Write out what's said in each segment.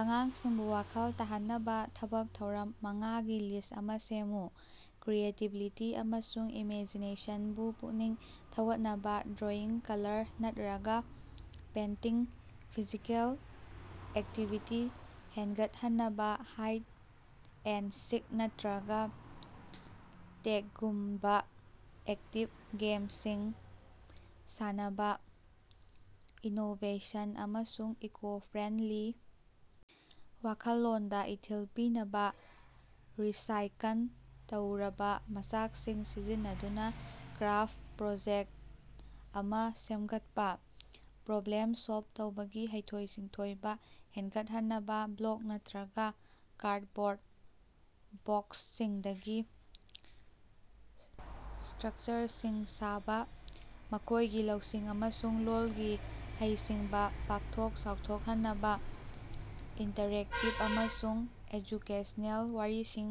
ꯑꯉꯥꯡꯁꯤꯡꯕꯨ ꯋꯥꯈꯜ ꯇꯥꯍꯟꯅꯕꯥ ꯊꯕꯛ ꯊꯧꯔꯝ ꯃꯉꯥꯒꯤ ꯂꯤꯁ꯭ꯠ ꯑꯃꯥ ꯁꯦꯝꯃꯨ꯫ ꯀ꯭ꯔꯤꯌꯦꯇꯤꯕꯤꯇꯤ ꯑꯃꯁꯨꯡ ꯏꯃꯦꯖꯤꯅꯦꯁꯟꯕꯨ ꯄꯨꯛꯅꯤꯡ ꯊꯧꯒꯠꯅꯕꯥ drawing, colour ꯅꯠꯠꯔꯒꯥ painting. Physical activity ꯍꯦꯟꯒꯠꯍꯟꯅꯕꯥ ꯍꯥꯏꯗ ꯑꯦꯟꯗ ꯁꯤꯛ ꯅꯠꯇ꯭ꯔꯒꯥ ꯇꯦꯒꯒꯨꯝꯕꯥ ꯑꯦꯛꯇꯤꯚ ꯒꯦꯝꯁꯤꯡ ꯁꯥꯟꯅꯕꯥ꯫ ꯏꯅꯣꯕꯦꯁꯟ ꯑꯃꯁꯨꯡ ꯏꯀꯣ ꯐ꯭ꯔꯦꯟꯗꯂꯤ ꯋꯥꯈꯜꯂꯣꯟꯗꯥ ꯏꯊꯤꯜ ꯄꯤꯅꯕꯥ ꯔꯤꯁꯥꯏꯀꯟ ꯇꯧꯔꯕꯥ ꯃꯆꯥꯛꯁꯤꯡ ꯁꯤꯖꯤꯟꯅꯗꯨꯅꯥ ꯀ꯭ꯔꯥꯐ ꯄ꯭ꯔꯣꯖꯦꯛꯇ ꯑꯃꯥ ꯁꯦꯝꯒꯠꯄꯥ꯫ ꯄ꯭ꯔꯣꯕ꯭ꯂꯦꯝ ꯁꯣꯜꯕ ꯇꯧꯕꯒꯤ ꯍꯩꯊꯣꯏ-ꯁꯤꯡꯊꯣꯏꯕꯥ ꯍꯦꯟꯒꯠꯍꯟꯅꯕꯥ ꯕ꯭ꯂꯣꯛ ꯅꯠꯇ꯭ꯔꯒꯥ ꯀꯥꯔꯗꯕꯣꯔꯗ ꯕꯣꯛꯁꯁꯤꯡꯗꯒꯤ ꯁ꯭ꯇꯔꯛꯆꯔꯁꯤꯡ ꯁꯥꯕꯥ꯫ ꯃꯈꯣꯏꯒꯤ ꯂꯧꯁꯤꯡ ꯑꯃꯁꯨꯡ ꯂꯣꯜꯒꯤ ꯍꯩꯁꯤꯡꯕꯥ ꯄꯥꯛꯊꯣꯛ ꯆꯥꯎꯊꯣꯛꯍꯟꯅꯕꯥ ꯏꯟꯇꯔꯦꯛꯇꯤꯚ ꯑꯃꯁꯨꯡ ꯑꯦꯖꯨꯀꯦꯁꯅꯦꯜ ꯋꯥꯔꯤꯁꯤꯡ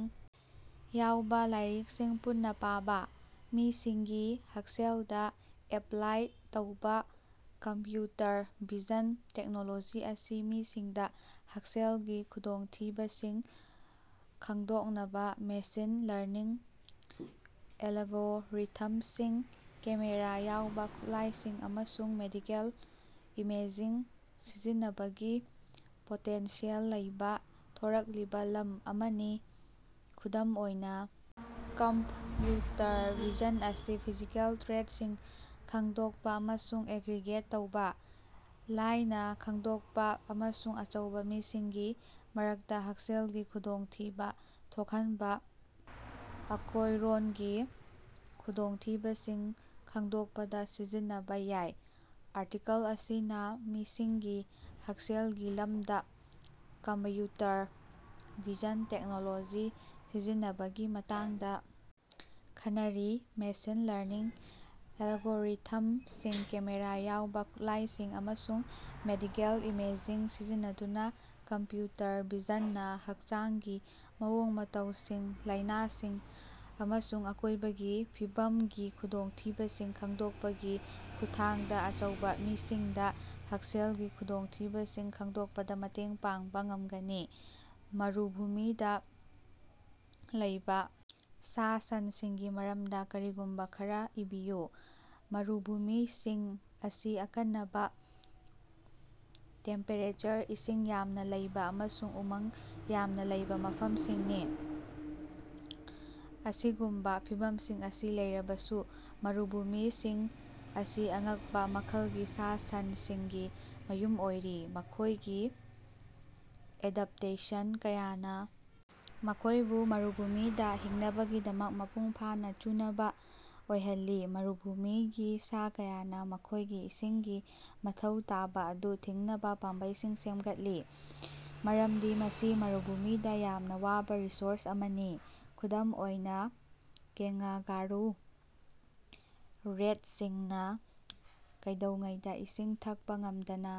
ꯌꯥꯎꯕ ꯂꯥꯏꯔꯤꯛꯁꯤꯡ ꯄꯨꯟꯅꯥ ꯄꯥꯕꯥ꯫ ꯃꯤꯁꯤꯡꯒꯤ ꯍꯛꯁꯦꯜꯗꯥ ꯑꯦꯞꯂꯥꯏ ꯇꯧꯕ ꯀꯝꯞꯌꯨꯇꯔ ꯚꯤꯖꯟ ꯇꯦꯛꯅꯣꯂꯣꯖꯤ ꯑꯁꯤ ꯃꯤꯁꯤꯡꯗꯥ ꯍꯛꯁꯦꯜꯒꯤ ꯈꯨꯗꯣꯡꯊꯤꯕꯁꯤꯡ ꯈꯪꯗꯣꯛꯅꯕꯥ ꯃꯦꯁꯤꯟ ꯂꯔꯅꯤꯡ ꯑꯦꯂꯒꯣꯔꯤꯊꯝꯁꯤꯡ, ꯀꯦꯃꯦꯔꯥ ꯌꯥꯎꯕꯥ ꯈꯨꯠꯂꯥꯏꯁꯤꯡ, ꯑꯃꯁꯨꯡ ꯃꯦꯗꯤꯀꯦꯜ ꯏꯃꯦꯖꯤꯡ ꯁꯤꯖꯤꯟꯅꯕꯒꯤ ꯄꯣꯇꯦꯟꯁꯤꯌꯦꯜ ꯂꯩꯕ ꯊꯣꯔꯛꯂꯤꯕꯥ ꯂꯝ ꯑꯃꯅꯤ꯫ ꯈꯨꯗꯝ ꯑꯣꯏꯅꯥ, ꯀꯝꯄ꯭ꯌꯨꯇꯔ ꯚꯤꯖꯟ ꯑꯁꯤ ꯐꯤꯖꯤꯀꯦꯜ ꯇ꯭ꯔꯦꯠꯁꯤꯡ ꯈꯪꯗꯣꯛꯄꯥ ꯑꯃꯁꯨꯡ ꯑꯦꯒ꯭ꯔꯤꯒꯦꯠ ꯇꯧꯕ, ꯂꯥꯏꯅꯥ ꯈꯪꯗꯣꯛꯄꯥ, ꯑꯃꯁꯨꯡ ꯑꯆꯧꯕ ꯃꯤꯁꯤꯡꯒꯤ ꯃꯔꯛꯇꯥ ꯍꯛꯁꯦꯜꯒꯤ ꯈꯨꯗꯣꯡꯊꯤꯕꯥ ꯊꯣꯛꯍꯟꯕꯥ ꯑꯀꯣꯌꯔꯣꯟꯒꯤ ꯈꯨꯗꯣꯡꯊꯤꯕꯁꯤꯡ ꯈꯪꯗꯣꯛꯄꯗꯥ ꯁꯤꯖꯤꯟꯅꯕꯥ ꯌꯥꯏ꯫ ꯑꯥꯔꯇꯤꯀꯜ ꯑꯁꯤꯅꯥ ꯃꯤꯁꯤꯡꯒꯤ ꯍꯛꯁꯦꯜꯒꯤ ꯂꯝꯗꯥ ꯀꯝꯄ꯭ꯌꯨꯇꯔ ꯚꯤꯖꯟ ꯇꯦꯛꯅꯣꯂꯣꯖꯤ ꯁꯤꯖꯤꯟꯅꯕꯒꯤ ꯃꯇꯥꯡꯗꯥ ꯈꯟꯅꯔꯤ꯫ ꯃꯦꯁꯤꯟ ꯂꯔꯅꯤꯡ ꯑꯦꯜꯒꯣꯔꯤꯊꯝꯁꯤꯡ, ꯀꯦꯃꯦꯔꯥ ꯌꯥꯎꯕ ꯈꯨꯠꯂꯥꯏꯁꯤꯡ, ꯑꯃꯁꯨꯡ ꯃꯦꯗꯤꯀꯦꯜ ꯏꯃꯦꯖꯤꯡ ꯁꯤꯖꯤꯟꯅꯗꯨꯅꯥ ꯀꯝꯞꯌꯨꯇꯔ ꯚꯤꯖꯟꯅꯥ ꯍꯛꯆꯥꯡꯒꯤ ꯃꯑꯣꯡ ꯃꯇꯧꯁꯤꯡ, ꯂꯥꯏꯅꯥꯁꯤꯡ ꯑꯃꯁꯨꯡ ꯑꯀꯣꯏꯕꯒꯤ ꯐꯤꯕꯝꯒꯤ ꯈꯨꯗꯣꯡꯊꯤꯕꯁꯤꯡ ꯈꯪꯗꯣꯛꯄꯒꯤ ꯈꯨꯠꯊꯥꯡꯗꯥ ꯑꯆꯧꯕꯥ ꯃꯤꯁꯤꯡꯗꯥ ꯍꯛꯁꯦꯜꯒꯤ ꯈꯨꯗꯣꯡꯊꯤꯕꯁꯤꯡ ꯈꯪꯗꯣꯛꯄꯗꯥ ꯃꯇꯦꯡ ꯄꯥꯡꯕꯥ ꯉꯝꯒꯅꯤ꯫ ꯃꯔꯨꯚꯨꯃꯤꯗꯥ ꯂꯩꯕꯥ ꯁꯥ ꯁꯟꯁꯤꯡꯒꯤ ꯃꯔꯝꯗꯥ ꯀꯔꯤꯒꯨꯝꯕꯥ ꯈꯔꯥ ꯏꯕꯤꯌꯨ꯫ ꯃꯔꯨꯚꯨꯃꯤꯁꯤꯡ ꯑꯁꯤ ꯑꯀꯟꯅꯕꯥ ꯇꯦꯝꯄꯦꯔꯦꯆꯔ, ꯏꯁꯤꯡ ꯌꯥꯝꯅ ꯂꯩꯕ ꯑꯃꯁꯨꯡ ꯎꯃꯪ ꯌꯥꯝꯅ ꯂꯩꯕ ꯃꯐꯝꯁꯤꯡꯅꯤ꯫ ꯑꯁꯤꯒꯨꯝꯕꯥ ꯐꯤꯚꯝꯁꯤꯡ ꯑꯁꯤ ꯂꯩꯔꯕꯁꯨ ꯃꯔꯨꯚꯨꯃꯤꯁꯤꯡ ꯑꯁꯤ ꯑꯉꯛꯄꯥ ꯃꯈꯜꯒꯤ ꯁꯥ ꯁꯟꯁꯤꯡꯒꯤ ꯃꯌꯨꯝ ꯑꯣꯏꯔꯤ, ꯃꯈꯣꯏꯒꯤ ꯑꯦꯗꯞꯇꯦꯁꯟ ꯀꯌꯥꯅꯥ ꯃꯈꯣꯏꯕꯨ ꯃꯔꯨꯚꯨꯃꯤꯗꯥ ꯍꯤꯡꯅꯕꯒꯤꯗꯃꯛ ꯃꯄꯨꯡ ꯐꯥꯅꯥ ꯆꯨꯅꯕꯥ ꯑꯣꯏꯍꯜꯂꯤ꯫ ꯃꯔꯨꯚꯨꯃꯤꯒꯤ ꯁꯥ ꯀꯌꯥꯅꯥ ꯃꯈꯣꯏꯒꯤ ꯏꯁꯤꯡꯒꯤ ꯃꯊꯧ ꯇꯥꯕ ꯑꯗꯨ ꯊꯤꯡꯅꯕꯥ ꯄꯥꯝꯕꯩꯁꯤꯡ ꯁꯦꯝꯒꯠꯂꯤ, ꯃꯔꯝꯗꯤ ꯃꯁꯤ ꯃꯔꯨꯚꯨꯃꯤꯗꯥ ꯌꯥꯝꯅ ꯋꯥꯕ ꯔꯤꯁꯣꯔꯁ ꯑꯃꯅꯤ꯫ ꯈꯨꯗꯝ ꯑꯣꯏꯅꯥ, ꯀꯦꯉ꯭ꯒꯥꯔꯨ ꯔꯦꯠꯁꯤꯡꯅꯥ ꯀꯩꯗꯧꯉꯩꯗꯥ ꯏꯁꯤꯡ ꯊꯛꯄꯥ ꯉꯝꯗꯅꯥ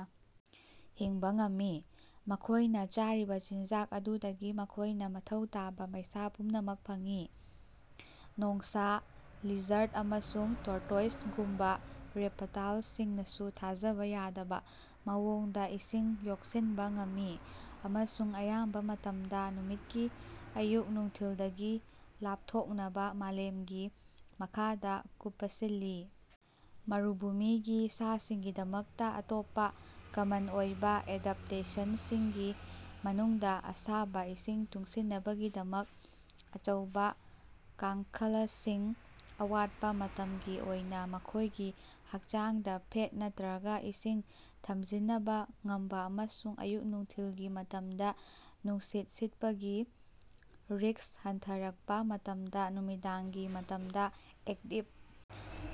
ꯍꯤꯡꯕꯥ ꯉꯝꯃꯤ, ꯃꯈꯣꯏꯅꯥ ꯆꯥꯔꯤꯕꯥ ꯆꯤꯟꯖꯥꯛ ꯑꯗꯨꯗꯒꯤ ꯃꯈꯣꯏꯅꯥ ꯃꯊꯧ ꯇꯥꯕꯥ ꯃꯩꯁꯥ ꯄꯨꯝꯅꯃꯛ ꯐꯪꯏ꯫ ꯅꯣꯡꯁꯥ, ꯂꯤꯖꯔꯗ ꯑꯃꯁꯨꯡ ꯇꯣꯔꯇꯣꯏꯁꯒꯨꯝꯕꯥ ꯔꯦꯄꯇꯥꯜꯁꯤꯡꯅꯁꯨ ꯊꯥꯖꯕ ꯌꯥꯗꯕ ꯃꯑꯣꯡꯗꯥ ꯏꯁꯤꯡ ꯌꯣꯛꯁꯤꯟꯕꯥ ꯉꯝꯃꯤ, ꯑꯃꯁꯨꯡ ꯑꯌꯥꯝꯕꯥ ꯃꯇꯝꯗꯥ ꯅꯨꯃꯤꯠꯀꯤ ꯑꯌꯨꯛ ꯅꯨꯡꯊꯤꯜꯗꯒꯤ ꯂꯥꯞꯊꯣꯛꯅꯕꯥ ꯃꯥꯂꯦꯝꯒꯤ ꯃꯈꯥꯗꯥ ꯀꯨꯄꯁꯤꯜꯂꯤ꯫ ꯃꯔꯨꯚꯨꯃꯤꯒꯤ ꯁꯥꯁꯤꯡꯒꯤꯗꯃꯛꯇꯥ ꯑꯇꯣꯞꯄꯥ ꯀꯃꯟ ꯑꯣꯏꯕ ꯑꯦꯗꯞꯇꯦꯁꯟꯁꯤꯡꯒꯤ ꯃꯅꯨꯡꯗꯥ ꯑꯁꯥꯕꯥ ꯏꯁꯤꯡ ꯇꯨꯡꯁꯤꯟꯕꯒꯤꯗꯃꯛ ꯑꯆꯧꯕꯥ ꯀꯥꯡꯈꯂꯁꯤꯡ, ꯑꯋꯥꯠꯄꯥ ꯃꯇꯝꯒꯤ ꯑꯣꯏꯅꯥ ꯃꯈꯣꯏꯒꯤ ꯍꯛꯆꯥꯡꯗꯥ ꯐꯦꯠ ꯅꯠꯇ꯭ꯔꯒꯥ ꯏꯁꯤꯡ ꯊꯝꯖꯤꯅꯕꯥ ꯉꯝꯕꯥ ꯑꯃꯁꯨꯡ ꯑꯌꯨꯛ-ꯅꯨꯡꯊꯤꯜꯒꯤ ꯃꯇꯝꯗꯥ ꯅꯨꯡꯁꯤꯠ ꯁꯤꯠꯄꯒꯤ ꯔꯤꯁ꯭ꯛ ꯍꯟꯊꯔꯛꯄꯥ ꯃꯇꯝꯗꯥ ꯅꯨꯃꯤꯗꯥꯡꯒꯤ ꯃꯇꯝꯗꯥ ꯑꯦꯛꯇꯤꯚ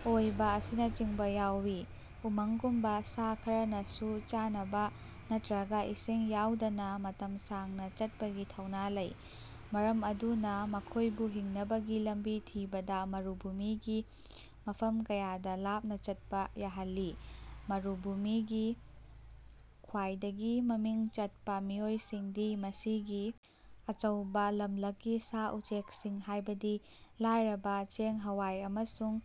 ꯑꯣꯏꯕ ꯑꯁꯤꯅꯆꯤꯡꯕꯥ ꯌꯥꯎꯏ꯫ ꯎꯃꯪꯒꯨꯝꯕꯥ ꯁꯥ ꯈꯔꯅꯁꯨ ꯆꯥꯅꯕꯥ ꯅꯠꯇ꯭ꯔꯒꯥ ꯏꯁꯤꯡ ꯌꯥꯎꯗꯅꯥ ꯃꯇꯝ ꯁꯥꯡꯅꯥ ꯆꯠꯄꯒꯤ ꯊꯧꯅꯥ ꯂꯩ, ꯃꯔꯝ ꯑꯗꯨꯅꯥ ꯃꯈꯣꯏꯕꯨ ꯍꯤꯡꯅꯕꯒꯤ ꯂꯝꯕꯤ ꯊꯤꯕꯗꯥ ꯃꯔꯨꯚꯨꯃꯤꯒꯤ ꯃꯐꯝ ꯀꯌꯥꯗꯥ ꯂꯥꯞꯅꯥ ꯆꯠꯄꯥ ꯌꯥꯍꯜꯂꯤ꯫ ꯃꯔꯨꯚꯨꯃꯤꯒꯤ ꯈ꯭ꯋꯥꯏꯗꯒꯤ ꯃꯃꯤꯡ ꯆꯠꯄꯥ ꯃꯤꯑꯣꯏꯁꯤꯡꯗꯤ ꯃꯁꯤꯒꯤ ꯑꯆꯧꯕꯥ ꯂꯝꯂꯛꯀꯤ ꯁꯥ ꯎꯆꯦꯛꯁꯤꯡ, ꯍꯥꯏꯕꯗꯤ ꯂꯥꯏꯔꯕꯥ, ꯆꯦꯡ-ꯍꯋꯥꯏ ꯑꯃꯁꯨꯡ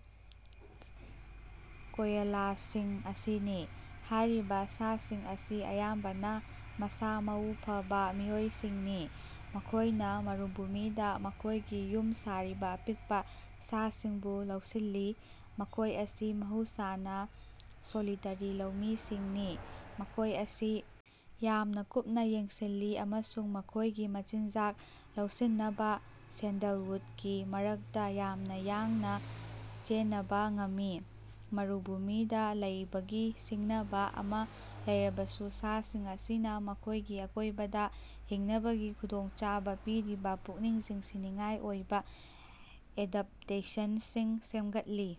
ꯀꯣꯌꯂꯥꯁꯤꯡ ꯑꯁꯤꯅꯤ꯫ ꯍꯥꯏꯔꯤꯕꯥ ꯁꯥꯁꯤꯡ ꯑꯁꯤ ꯑꯌꯥꯝꯕꯅꯥ ꯃꯁꯥ ꯃꯎ ꯐꯕꯥ ꯃꯤꯑꯣꯏꯁꯤꯡꯅꯤ꯫ ꯃꯈꯣꯏꯅꯥ ꯃꯔꯨꯚꯨꯃꯤꯗꯥ ꯃꯈꯣꯏꯒꯤ ꯌꯨꯝ ꯁꯥꯔꯤꯕꯥ ꯑꯄꯤꯛꯄꯥ ꯁꯥꯁꯤꯡꯕꯨ ꯂꯧꯁꯤꯜꯂꯤ꯫ ꯃꯈꯣꯏ ꯑꯁꯤ ꯃꯍꯧꯁꯥꯅꯥ ꯁꯣꯂꯤꯇꯔꯤ ꯂꯧꯃꯤꯁꯤꯡꯅꯤ, ꯃꯈꯣꯏ ꯑꯁꯤ ꯌꯥꯝꯅ ꯀꯨꯞꯅꯥ ꯌꯦꯡꯁꯤꯜꯂꯤ ꯑꯃꯁꯨꯡ ꯃꯈꯣꯏꯒꯤ ꯃꯆꯤꯟꯖꯥꯛ ꯂꯧꯁꯤꯟꯅꯕꯥ ꯁꯦꯟꯗꯜꯋꯨꯠꯀꯤ ꯃꯔꯛꯇꯥ ꯌꯥꯝꯅꯥ ꯌꯥꯡꯅꯥ ꯆꯦꯅꯕꯥ ꯉꯝꯃꯤ꯫ ꯃꯔꯨꯚꯨꯃꯤꯗꯥ ꯂꯩꯕꯒꯤ ꯁꯤꯡꯅꯕꯥ ꯑꯃꯥ ꯂꯩꯔꯕꯁꯨ, ꯁꯥꯁꯤꯡ ꯑꯁꯤꯅꯥ ꯃꯈꯣꯏꯒꯤ ꯑꯀꯣꯏꯕꯗꯥ ꯍꯤꯡꯅꯕꯒꯤ ꯈꯨꯗꯣꯡꯆꯥꯕꯥ ꯄꯤꯔꯤꯕꯥ ꯄꯨꯛꯅꯤꯡ ꯆꯤꯡꯁꯤꯟꯅꯤꯡꯉꯥꯏ ꯑꯣꯏꯕ ꯑꯦꯗꯞꯇꯦꯁꯟꯁꯤꯡ ꯁꯦꯝꯒꯠꯂꯤ꯫